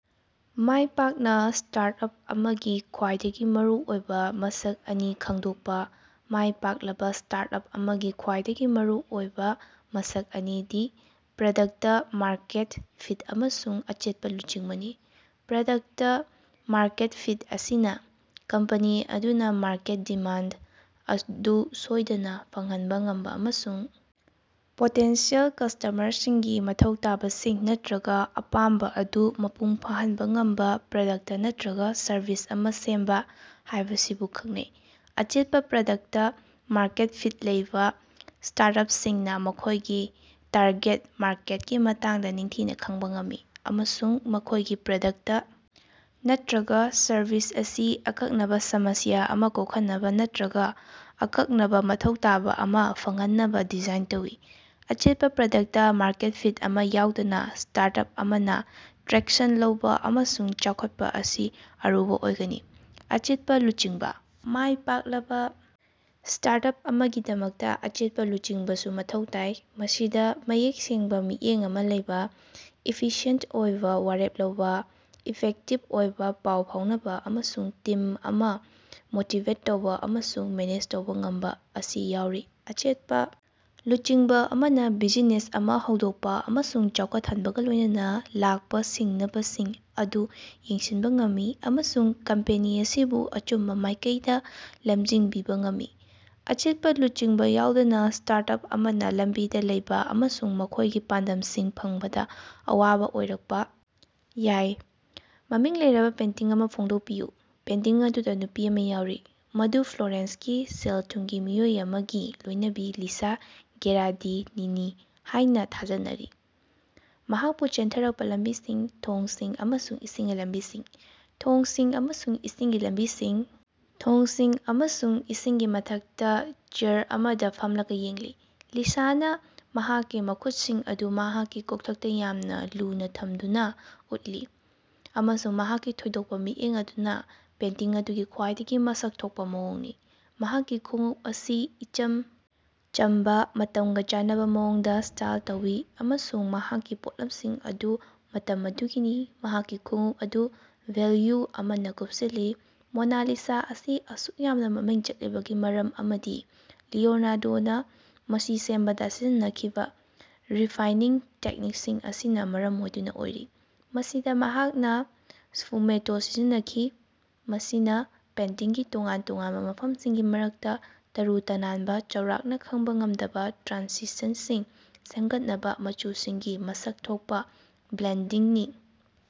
ꯃꯥꯏꯄꯥꯛꯅ startup ꯑꯃꯒꯤ ꯈ꯭ꯋꯥꯏꯗꯒꯤ ꯃꯔꯨꯑꯣꯏꯕ ꯃꯁꯛ ꯑꯅꯤ ꯈꯪꯗꯣꯛꯄ꯫ ꯃꯥꯏ ꯄꯥꯛꯂꯕ ꯁ꯭ꯇꯥꯔꯠꯑꯞ ꯑꯃꯒꯤ ꯈ꯭ꯋꯥꯏꯗꯒꯤ ꯃꯔꯨꯑꯣꯏꯕ ꯃꯁꯛ ꯑꯅꯤꯗꯤ ꯄ꯭ꯔꯗꯛꯇ-ꯃꯥꯔꯀꯦꯠ ꯐꯤꯠ ꯑꯃꯁꯨꯡ ꯑꯆꯦꯠꯄ ꯂꯨꯆꯤꯡꯕꯅꯤ꯫ ꯄ꯭ꯔꯗꯛꯇ-ꯃꯥꯔꯀꯦꯠ ꯐꯤꯠ: ꯃꯁꯤꯅ ꯀꯝꯄꯅꯤ ꯑꯗꯨꯅ ꯃꯥꯔꯀꯦꯠ ꯗꯤꯃꯥꯟꯗ ꯑꯗꯨ ꯁꯣꯏꯗꯅ ꯐꯪꯍꯟꯕ ꯉꯝꯕ ꯑꯃꯁꯨꯡ ꯄꯣꯇꯦꯟꯁꯤꯑꯦꯜ ꯀꯁ꯭ꯇꯃꯔꯁꯤꯡꯒꯤ ꯃꯊꯧ ꯇꯥꯕꯁꯤꯡ ꯅꯠꯇ꯭ꯔꯒ ꯑꯄꯥꯝꯕ ꯑꯗꯨ ꯃꯄꯨꯡ ꯐꯥꯍꯟꯕ ꯉꯝꯕ ꯄ꯭ꯔꯗꯛꯇ ꯅꯠꯇ꯭ꯔꯒ ꯁꯔꯚꯤꯁ ꯑꯃ ꯁꯦꯝꯕ ꯍꯥꯏꯕꯁꯤꯕꯨ ꯈꯪꯅꯩ꯫ ꯑꯆꯦꯠꯄ ꯄ꯭ꯔꯗꯛꯇ-ꯃꯥꯔꯀꯦꯠ ꯐꯤꯠ ꯂꯩꯕ ꯁ꯭ꯇꯥꯔꯇꯑꯄꯁꯤꯡꯅ ꯃꯈꯣꯏꯒꯤ ꯇꯥꯔꯒꯦꯠ ꯃꯥꯔꯀꯦꯠꯀꯤ ꯃꯇꯥꯡꯗ ꯅꯤꯡꯊꯤꯅ ꯈꯪꯕ ꯉꯝꯃꯤ ꯫ ꯑꯃꯁꯨꯡ ꯃꯈꯣꯏꯒꯤ ꯄ꯭ꯔꯗꯛꯇ ꯅꯠꯇ꯭ꯔꯒ ꯁꯔꯕꯤꯁ ꯑꯁꯤ ꯑꯀꯛꯅꯕ ꯁꯃꯁ꯭ꯌꯥ ꯑꯃ ꯀꯣꯛꯍꯟꯅꯕ ꯅꯠꯇ꯭ꯔꯒ ꯑꯀꯛꯅꯕ ꯃꯊꯧ ꯇꯥꯕ ꯑꯃ ꯐꯪꯍꯟꯅꯕ ꯗꯤꯖꯥꯏꯟ ꯇꯧꯏ꯫ ꯑꯆꯦꯠꯄ ꯄ꯭ꯔꯗꯛꯇ-ꯃꯥꯔꯀꯦꯠ ꯐꯤꯠ ꯑꯃ ꯌꯥꯎꯗꯅ ꯁ꯭ꯇꯥꯔꯇꯑꯞ ꯑꯃꯅ ꯇ꯭ꯔꯦꯛꯁꯟ ꯂꯧꯕ ꯑꯃꯁꯨꯡ ꯆꯥꯎꯈꯠꯄ ꯑꯁꯤ ꯑꯔꯨꯕ ꯑꯣꯏꯒꯅꯤ꯫ ꯑꯆꯦꯠꯄ ꯂꯨꯆꯤꯡꯕ: ꯃꯥꯏ ꯄꯥꯛꯂꯕ ꯁ꯭ꯇꯥꯔꯇꯑꯞ ꯑꯃꯒꯤꯗꯃꯛꯇ ꯑꯆꯦꯠꯄ ꯂꯨꯆꯤꯡꯕꯁꯨ ꯃꯊꯧ ꯇꯥꯏ꯫ ꯃꯁꯤꯗ ꯃꯌꯦꯛ ꯁꯦꯡꯕ ꯃꯤꯠꯌꯦꯡ ꯑꯃ ꯂꯩꯕ,, ꯏꯐꯤꯁꯤꯌꯦꯟꯇ ꯑꯣꯏꯕꯥ ꯋꯥꯔꯦꯞ ꯂꯧꯕ, ꯏꯐꯦꯛꯇꯤꯕ ꯑꯣꯏꯕ ꯄꯥꯎ ꯐꯥꯎꯅꯕ, ꯑꯃꯁꯨꯡ ꯇꯤꯝ ꯑꯃ ꯃꯣꯇꯤꯕꯦꯠ ꯇꯧꯕ ꯑꯃꯁꯨꯡ ꯃꯦꯅꯦꯖ ꯇꯧꯕ ꯉꯝꯕ ꯑꯁꯤ ꯌꯥꯎꯔꯤ꯫ ꯑꯆꯦꯠꯄ ꯂꯨꯆꯤꯡꯕ ꯑꯃꯅ ꯕꯤꯖꯤꯅꯦꯁ ꯑꯃ ꯍꯧꯗꯣꯛꯄ ꯑꯃꯁꯨꯡ ꯆꯥꯎꯈꯠꯍꯟꯕꯒ ꯂꯣꯏꯅꯅ ꯂꯥꯛꯄ ꯁꯤꯡꯅꯕꯁꯤꯡ ꯑꯗꯨ ꯌꯦꯡꯁꯤꯟꯕ ꯉꯝꯃꯤ꯫ ꯑꯃꯁꯨꯡ ꯀꯝꯄꯦꯅꯤ ꯑꯁꯤꯕꯨ ꯑꯆꯨꯝꯕ ꯃꯥꯏꯀꯩꯗ ꯂꯃꯖꯤꯡꯕꯤꯕ ꯉꯝꯃꯤ꯫ ꯑꯆꯦꯠꯄ ꯂꯨꯆꯤꯡꯕ ꯌꯥꯎꯗꯅ ꯁ꯭ꯇꯥꯔꯇꯑꯞ ꯑꯃꯅ ꯂꯝꯕꯤꯗ ꯂꯩꯕ ꯑꯃꯁꯨꯡ ꯃꯈꯣꯏꯒꯤ ꯄꯥꯟꯗꯝꯁꯤꯡ ꯐꯪꯕꯗ ꯑꯋꯥꯕ ꯑꯣꯏꯔꯛꯄ ꯌꯥꯏ꯫ ꯃꯃꯤꯡ ꯂꯩꯔꯕ ꯄꯦꯟꯇꯤꯡ ꯑꯃ ꯐꯣꯡꯗꯣꯛꯄꯤꯌꯨ꯫ ꯄꯦꯟꯇꯤꯡ ꯑꯗꯨꯗ ꯅꯨꯄꯤ ꯑꯃ ꯌꯥꯎꯔꯤ꯫ ꯃꯗꯨ ꯐ꯭ꯂꯣꯔꯦꯟꯁꯀꯤ ꯁꯦꯜ ꯊꯨꯝꯒꯤ ꯃꯤꯑꯣꯏ ꯑꯃꯒꯤ ꯂꯣꯏꯅꯕꯤ ꯂꯤꯁꯥ ꯒꯦꯔꯥꯗꯤꯅꯤꯅꯤ ꯍꯥꯏꯅ ꯊꯥꯖꯅꯔꯤ꯫ ꯃꯍꯥꯛꯄꯨ ꯆꯦꯟꯊꯔꯛꯄ ꯂꯝꯕꯤꯁꯤꯡ, ꯊꯣꯡꯁꯤꯡ ꯑꯃꯁꯨꯡ ꯏꯁꯤꯡꯒꯤ ꯂꯝꯕꯤꯁꯤꯡ, ꯊꯣꯡꯁꯤꯡ ꯑꯃꯁꯨꯡ ꯏꯁꯤꯡꯒꯤ ꯂꯝꯕꯤꯁꯤꯡ, ꯊꯣꯡꯁꯤꯡ ꯑꯃꯁꯨꯡ ꯏꯁꯤꯡꯒꯤ ꯃꯊꯛꯇꯥ ꯆꯦꯌꯔ ꯑꯃꯗ ꯐꯝꯂꯒ ꯌꯦꯡꯂꯤ꯫ ꯂꯤꯁꯥꯅꯥ ꯃꯍꯥꯛꯀꯤ ꯃꯈꯨꯠꯁꯤꯡ ꯑꯗꯨ ꯃꯍꯥꯛꯀꯤ ꯀꯣꯛꯊꯛꯇ ꯌꯥꯝꯅ ꯂꯨꯅ ꯊꯝꯗꯨꯅ ꯎꯠꯂꯤ꯫ ꯑꯃꯁꯨꯡ ꯃꯍꯥꯛꯀꯤ ꯊꯣꯏꯗꯣꯛꯄ ꯃꯤꯠꯌꯦꯡ ꯑꯗꯨꯅ ꯄꯦꯟꯇꯤꯡ ꯑꯗꯨꯒꯤ ꯈ꯭ꯋꯥꯏꯗꯒꯤ ꯃꯁꯛ ꯊꯣꯛꯄ ꯃꯑꯣꯡꯅꯤ꯫ ꯃꯍꯥꯛꯀꯤ ꯈꯣꯡꯎꯞ ꯑꯁꯤ ꯏꯆꯝ ꯆꯝꯕ ꯃꯇꯝꯒ ꯆꯥꯟꯅꯕ ꯃꯑꯣꯡꯗ ꯁ꯭ꯇꯥꯏꯜ ꯇꯧꯏ ꯑꯃꯁꯨꯡ ꯃꯍꯥꯛꯀꯤ ꯄꯣꯠꯂꯝꯁꯤꯡ ꯑꯗꯨ ꯃꯇꯝ ꯑꯗꯨꯒꯤꯅꯤ ꯃꯍꯥꯛꯀꯤ ꯈꯣꯡꯎꯞ ꯑꯗꯨ ꯚꯦꯜꯌꯨ ꯑꯃꯅ ꯀꯨꯄꯁꯤꯜꯂꯤ꯫ ꯃꯣꯅꯥꯂꯤꯁꯥ ꯑꯁꯤ ꯑꯁꯨꯛ ꯌꯥꯝꯅ ꯃꯃꯤꯡ ꯆꯠꯂꯤꯕꯒꯤ ꯃꯔꯝ ꯑꯃꯗꯤ ꯂꯤꯑꯣꯅꯥꯔꯗꯣꯅꯥ ꯃꯁꯤ ꯁꯦꯝꯕꯗ ꯁꯤꯖꯤꯟꯅꯈꯤꯕ ꯔꯤꯐꯥꯏꯅꯤꯡ ꯇꯦꯛꯅꯤꯛꯁꯤꯡ ꯑꯁꯤꯅ ꯃꯔꯝ ꯑꯣꯏꯗꯨꯅ ꯑꯣꯏꯔꯤ꯫ ꯃꯁꯤꯗ ꯃꯍꯥꯛꯅ ꯁ꯭ꯐꯨꯃꯦꯇꯣ ꯁꯤꯖꯤꯟꯅꯈꯤ꯫ ꯃꯁꯤꯅꯥ ꯄꯦꯟꯇꯤꯡꯒꯤ ꯇꯣꯉꯥꯟ ꯇꯣꯉꯥꯅꯕꯥ ꯃꯐꯝꯁꯤꯡꯒꯤ ꯃꯔꯛꯇ ꯇꯔꯨ ꯇꯅꯥꯟꯕ ꯆꯥꯎꯔꯥꯛꯅ ꯈꯪꯕ ꯉꯝꯗꯕ ꯇ꯭ꯔꯥꯟꯁꯤꯁꯟꯁꯤꯡ ꯁꯦꯝꯒꯠꯅꯕ ꯃꯆꯨꯁꯤꯡꯒꯤ ꯃꯁꯛ ꯊꯣꯛꯄ ꯕ꯭ꯂꯦꯟꯗꯤꯡꯅꯤ꯫.